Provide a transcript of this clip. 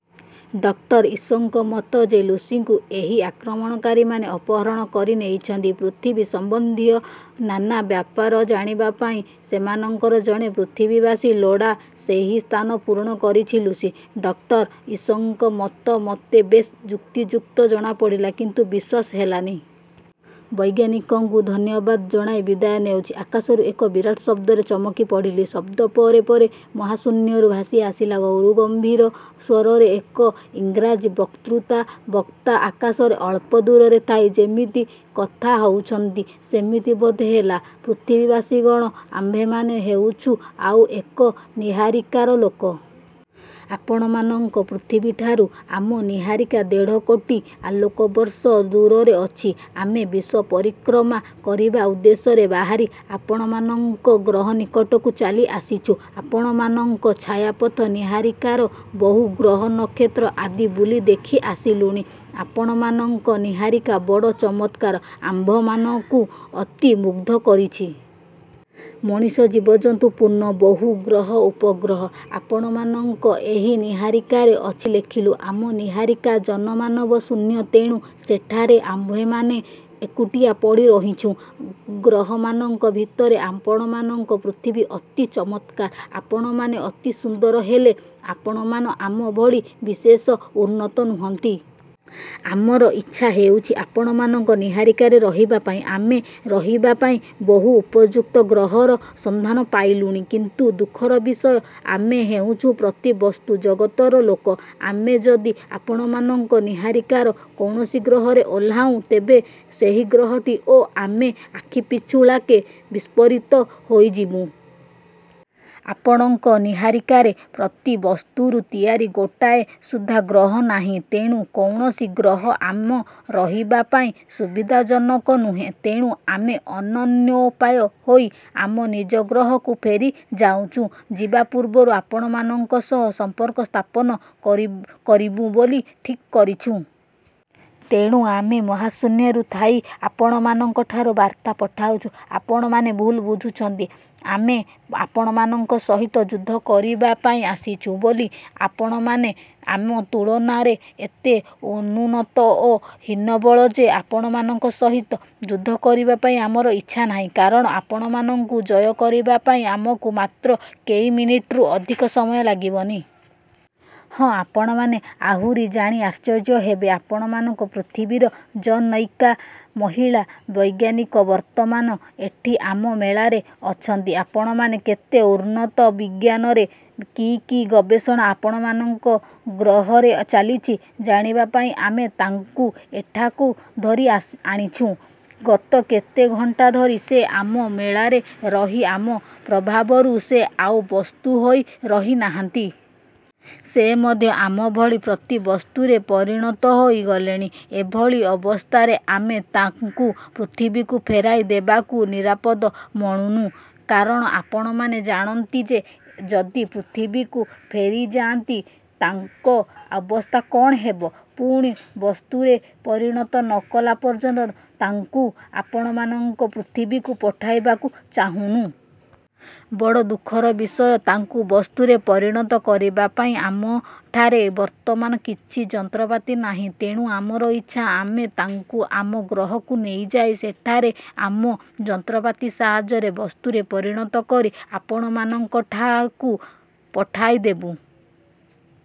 Doctor ଇସୋଙ୍କ ମତ ଯେ ଲୁସିକୁ ଏହି ଆକ୍ରମଣକାରୀମାନେ ଅପହରଣ କରି ନେଇଛନ୍ତି। ପୃଥିବୀ ସମ୍ବନ୍ଧୀୟ ନାନା ବ୍ୟାପାର ଜାଣିବା ପାଇଁ ସେମାନଙ୍କର ଜଣେ ପୃଥିବୀବାସୀ ଲୋଡ଼ା ସେହି ସ୍ଥାନ ପୂରଣ କରିଛି ଲୁସି। ଡକ୍ଟର ଇସୋଙ୍କ ମତ ମୋତେ ବେଶ ଯୁକ୍ତିଯୁକ୍ତ ଜଣାପଡ଼ିଲା କିନ୍ତୁ ବିଶ୍ୱାସ ହେଲାନି। ବୈଜ୍ଞାନିକଙ୍କୁ ଧନ୍ୟବାଦ ଜଣାଇ ବିଦାୟ ନେଉଛି ଆକାଶରୁ ଏକ ବିରାଟ ଶବ୍ଦରେ ଚମକିପଡ଼ିଲି। ଶବ୍ଦ ପରେ ପରେ ମହାଶୂନ୍ୟରୁ ଭାସିଆସିଲା ଗୁରୁଗମ୍ଭୀର ସ୍ୱରରେ ଏକ ଇଂରାଜୀ ବକ୍ତୃତା ବକ୍ତା ଆକାଶର ଅଳ୍ପ ଦୂରରେ ଥାଇ ଯେମିତି କଥା କହୁଛନ୍ତି ସେମିତି ବୋଧହେଲା। ପୃଥିବୀବାସୀଗଣ ଆମ୍ଭେମାନେ ହେଉଛୁଁ ଆଉ ଏକ ନୀହାରିକାର ଲୋକ। ଆପଣମାନଙ୍କ ପୃଥିବୀଠାରୁ ଆମ ନୀହାରିକା ଦେଢ଼କୋଟି ଆଲୋକବର୍ଷ ଦୂରରେ ଅଛି। ଆମେ ବିଶ୍ୱ ପରିକ୍ରମା କରିବା ଉଦ୍ଦେଶ୍ୟରେ ବାହାରି ଆପଣମାନଙ୍କ ଗ୍ରହନିକଟକୁ ଚାଲି ଆସିଛୁଁ। ଆପଣମାନଙ୍କ ଛାୟାପଥ ନୀହାରିକାର ବହୁ ଗ୍ରହ ନକ୍ଷତ୍ର ଆଦି ବୁଲି ଦେଖିସାରିଲୁଣି। ଆପଣମାନଙ୍କ ନୀହାରିକା ବଡ଼ ଚମତ୍କାର ଆମ୍ଭମାନଙ୍କୁ ଅତି ମୁଗ୍ଧ କରିଛି। ମଣିଷ ଜୀବଜନ୍ତୁପୂର୍ଣ୍ଣ ବହୁ ଗ୍ରହ ଉପଗ୍ରହ ଆପଣମାନଙ୍କ ଏହି ନୀହାରିକାରେ ଅଛି ଦେଖିଲୁ। ଆମ ନୀହାରିକା ଜନମାନବ ଶୂନ୍ୟ ତେଣୁ ସେଠାରେ ଆମ୍ଭେମାନେ ଏକୁଟିଆ ପଡ଼ିରହିଛୁଁ। ଗ୍ରହମାନଙ୍କ ଭିତରେ ଆପଣମାନଙ୍କ ପୃଥିବୀ ଅତି ଚମତ୍କାର। ଆପଣମାନେ ଅତି ସୁନ୍ଦର। ହେଲେ ଆପଣମାନେ ଆମ ଭଳି ବିଶେଷ ଉନ୍ନତ ନୁହନ୍ତି। ଆମର ଇଚ୍ଛା ହେଉଛି ଆପଣମାନଙ୍କ ନୀହାରିକାରେ ରହିବା ପାଇଁ। ଆମେ ରହିବାପାଇଁ ବହୁ ଉପଯୁକ୍ତ ଗ୍ରହର ସନ୍ଧାନ ପାଇଲୁଣି କିନ୍ତୁ ଦୁଃଖର ବିଷୟ ଆମେ ହେଉଛୁଁ ପ୍ରତିବସ୍ତୁ ଜଗତର ଲୋକ। ଆମେ ଯଦି ଆପଣମାନଙ୍କ ନୀହାରିକାର କୌଣସି ଗ୍ରହରେ ଓହ୍ଲାଉ ତେବେ ସେହି ଗ୍ରହଟି ଓ ଆମେ ଆଖିପିଛୁଳାକେ ବିସ୍ଫୋରିତ ହୋଇଯିବୁଁ। ଆପଣଙ୍କ ନୀହାରିକାରେ ପ୍ରତିବସ୍ତୁରୁ ତିଆରି ଗୋଟାଏ ସୁଦ୍ଧା ଗ୍ରହ ନାହିଁ। ତେଣୁ କୌଣସି ଗ୍ରହ ଆମ ରହିବା ପାଇଁ ସୁବିଧାଜନକ ନୁହେଁ। ତେଣୁ ଆମେ ଅନନ୍ୟୋପାୟ ହୋଇ ଆମ ନିଜ ଗ୍ରହକୁ ଫେରିଯାଉଛୁଁ। ଯିବା ପୂର୍ବରୁ ଆପଣମାନଙ୍କ ସହିତ ସମ୍ପର୍କ ସ୍ଥାପନ କରି କରିବୁଁ ବୋଲି ଠିକ୍ କରିଛୁଁ। ତେଣୁ ଆମେ ମହାଶୂନ୍ୟରୁ ଥାଇ ଆପଣମାନଙ୍କଠାକୁ ବାର୍ତ୍ତା ପଠାଇଛୁ। ଆପଣମାନେ ଭୁଲ ବୁଝିଛନ୍ତି ଆମେ ଆପଣମାନଙ୍କ ସହିତ ଯୁଦ୍ଧ କରିବା ପାଇଁ ଆସିଛୁ ବୋଲି। ଆପଣମାନେ ଆମ ତୁଳନାରେ ଏତେ ଅନୁନ୍ନତ ଓ ହୀନବଳ ଯେ ଆପଣମାନଙ୍କ ସହିତ ଯୁଦ୍ଧ କରିବା ପାଇଁ ଆମର ଇଚ୍ଛା ନାହିଁ କାରଣ ଆପଣମାନଙ୍କୁ ଜୟ କରିବା ପାଇଁ ଆମକୁ ମାତ୍ର କେଇ ମିନିଟ୍ରୁ ଅଧିକ ସମୟ ଲାଗିବନି। ହଁ ଆପଣମାନେ ଆହୁରି ଜାଣି ଆଶ୍ଚର୍ଯ୍ୟ ହେବେ ଆପଣମାନଙ୍କ ପୃଥିବୀର ଜନୈକା ମହିଳା ବୈଜ୍ଞାନିକ ବର୍ତ୍ତମାନ ଏଠି ଆମ ମେଳରେ ଅଛନ୍ତି। ଆପଣମାନେ କେତେ ଉନ୍ନତ ବିଜ୍ଞାନରେ କି କି ଗବେଷଣା ଆପଣମାନଙ୍କ ଗ୍ରହରେ ଚାଲିଛି ଜାଣିବା ପାଇଁ ଆମେ ତାଙ୍କୁ ଏଠାକୁ ଧରିଆଣିଛୁଁ। ଗତ କେତେ ଘଣ୍ଟା ଧରି ସେ ଆମ ମେଳରେ ରହି ଆମ ପ୍ରଭାବରୁ ସେ ଆଉ ବସ୍ତୁ ହୋଇ ରହିନାହାନ୍ତି। ସେ ମଧ୍ୟ ଆମ ଭଳି ପ୍ରତିବସ୍ତୁରେ ପରିଣତ ହୋଇ ଗଲେଣି। ଏଭଳି ଅବସ୍ଥାରେ ଆମେ ତାଙ୍କୁ ପୃଥିବୀକୁ ଫେରାଇ ଦେବାକୁ ନିରାପଦ ମଣୁନୁ। କାରଣ ଆପଣମାନେ ଜାଣନ୍ତି ସେ ଯଦି ପୃଥିବୀକୁ ଫେରିଯାନ୍ତି ତାଙ୍କ ଅବସ୍ଥା କଣ ହେବ? ପୁଣି ବସ୍ତୁରେ ପରିଣତ ନ କଲା ପର୍ଯ୍ୟନ୍ତ ତାଙ୍କୁ ଆପଣମାନଙ୍କ ପୃଥିବୀକୁ ପଠାଇବାକୁ ଚାହୁଁନୁ। ବଡ଼ ଦୁଃଖର ବିଷୟ ତାଙ୍କୁ ବସ୍ତୁରେ ପରିଣତ କରିବା ପାଇଁ ଆମଠାରେ ବର୍ତ୍ତମାନ କିଛି ଯନ୍ତ୍ରପାତି ନାହିଁ। ତେଣୁ ଆମର ଇଚ୍ଛା ଆମେ ତାଙ୍କୁ ଆମ ଗ୍ରହକୁ ନେଇଯାଇ ସେଠାରେ ଆମ ଯନ୍ତ୍ରପାତି ସାହାଯ୍ୟରେ ବସ୍ତୁରେ ପରିଣତ କରି ଆପଣମାନଙ୍କଠାକୁ ପଠାଇଦେବୁଁ।